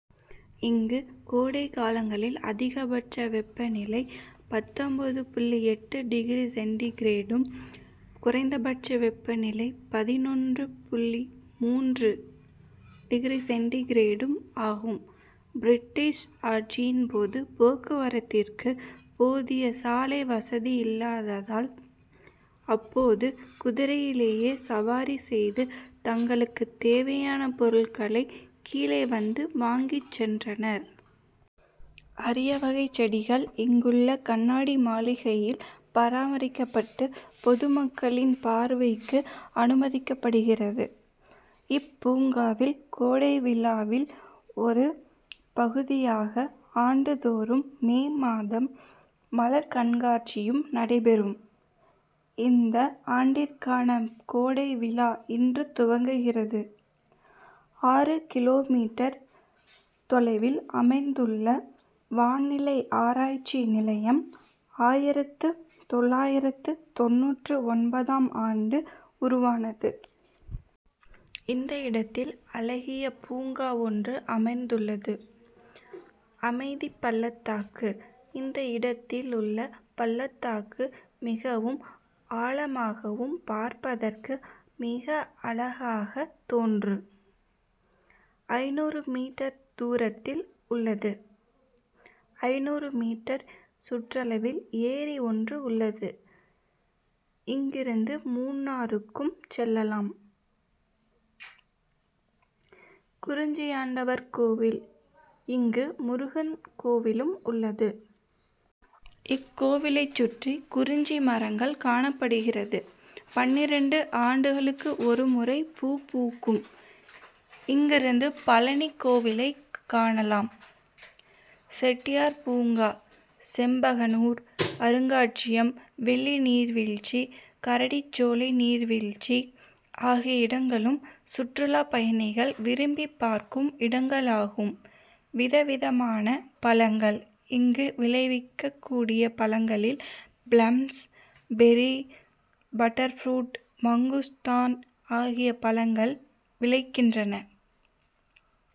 இங்கு கோடை காலங்களில் அதிகபட்ச வெப்பநிலை பத்தொன்பது புள்ளி எட்டு டிகிரி சென்டிகிரேடும் குறைந்தபட்ச வெப்பநிலை பதினொன்று புள்ளி மூன்று டிகிரி சென்டிகிரேடும் ஆகும். பிரிட்டிஷ் ஆட்சியின் போது போக்குவரத்திற்கு போதிய சாலை வசதியில்லாததால் அப்போது குதிரையிலே சவாரி செய்து தங்களுக்கு தேவையான பொருட்களை கீழே வந்து வாங்கிச்சென்றனர். அரிய வகை செடிகள் இங்குள்ள கண்ணாடி மாளிகையில் பராமரிக்கப்பட்டு பொதுமக்களின் பார்வைக்கு அனுமதிக்கப்படுகிறது. இப்பூங்காவில் கோடைவிழாவின் ஒரு பகுதியாக ஆண்டுதோறும் மே மாதம் மலர் கண்காட்சியும் நடைபெறும். இந்த ஆண்டிற்கான கோடை விழா இன்று துவங்குகிறது. ஆறு கிலோமீட்டர் தொலைவில் அமைந்துள்ள வான்நிலை ஆராய்ச்சி நிலையம் ஆயிரத்து தொள்ளாயிரத்து தொண்ணூற்றொன்பதாம் ஆண்டில் உருவானது. இந்த இடத்தில் அழகிய பூங்கா ஒன்று அமைந்துள்ளது. அமைதிபள்ளத்தாக்கு: இந்த இடத்தில் உள்ள பள்ளத்தாக்கு மிகவும் ஆழமாகவும் பார்ப்பதற்கு மிக அழகாக தோன்றும். ஐந்நூறு மீட்டர் தூரத்தில் உள்ளது. ஐந்நூறு மீட்டர் சுற்றளவில் ஏரி ஒன்று உள்ளது. இங்கிருந்து மூணாறுக்கு செல்லலாம். குறிஞ்சியாண்டவர் கோவில்: இங்கு முருகன் கோவிலும் உள்ளது. இக்கோவிலை சுற்றி குறிஞ்சி மரங்கள் காணப்படுகிறது. பன்னிரண்டு ஆண்டுகளுக்கு ஒரு முறை பூ பூக்கும். இங்கிருந்து பழநி கோவிலை காணலாம். செட்டியார் பூங்கா செண்பகனூர் அருங்காட்சியகம் வெள்ளி நீர்வீழ்ச்சி கரடி சோலை நீர்வீழ்ச்சி ஆகிய இடங்களும் சுற்றுலா பயணிகள் விரும்பி பார்க்கும் இடங்களாகும். விதவிதமான பழங்கள்: இங்கு விளைவிக்ககூடிய பழங்களில் பிளம்ஸ் பேரி பட்டர்புரூட் மங்குஸ்தான் ஆகிய பழங்கள் விளைகின்றன.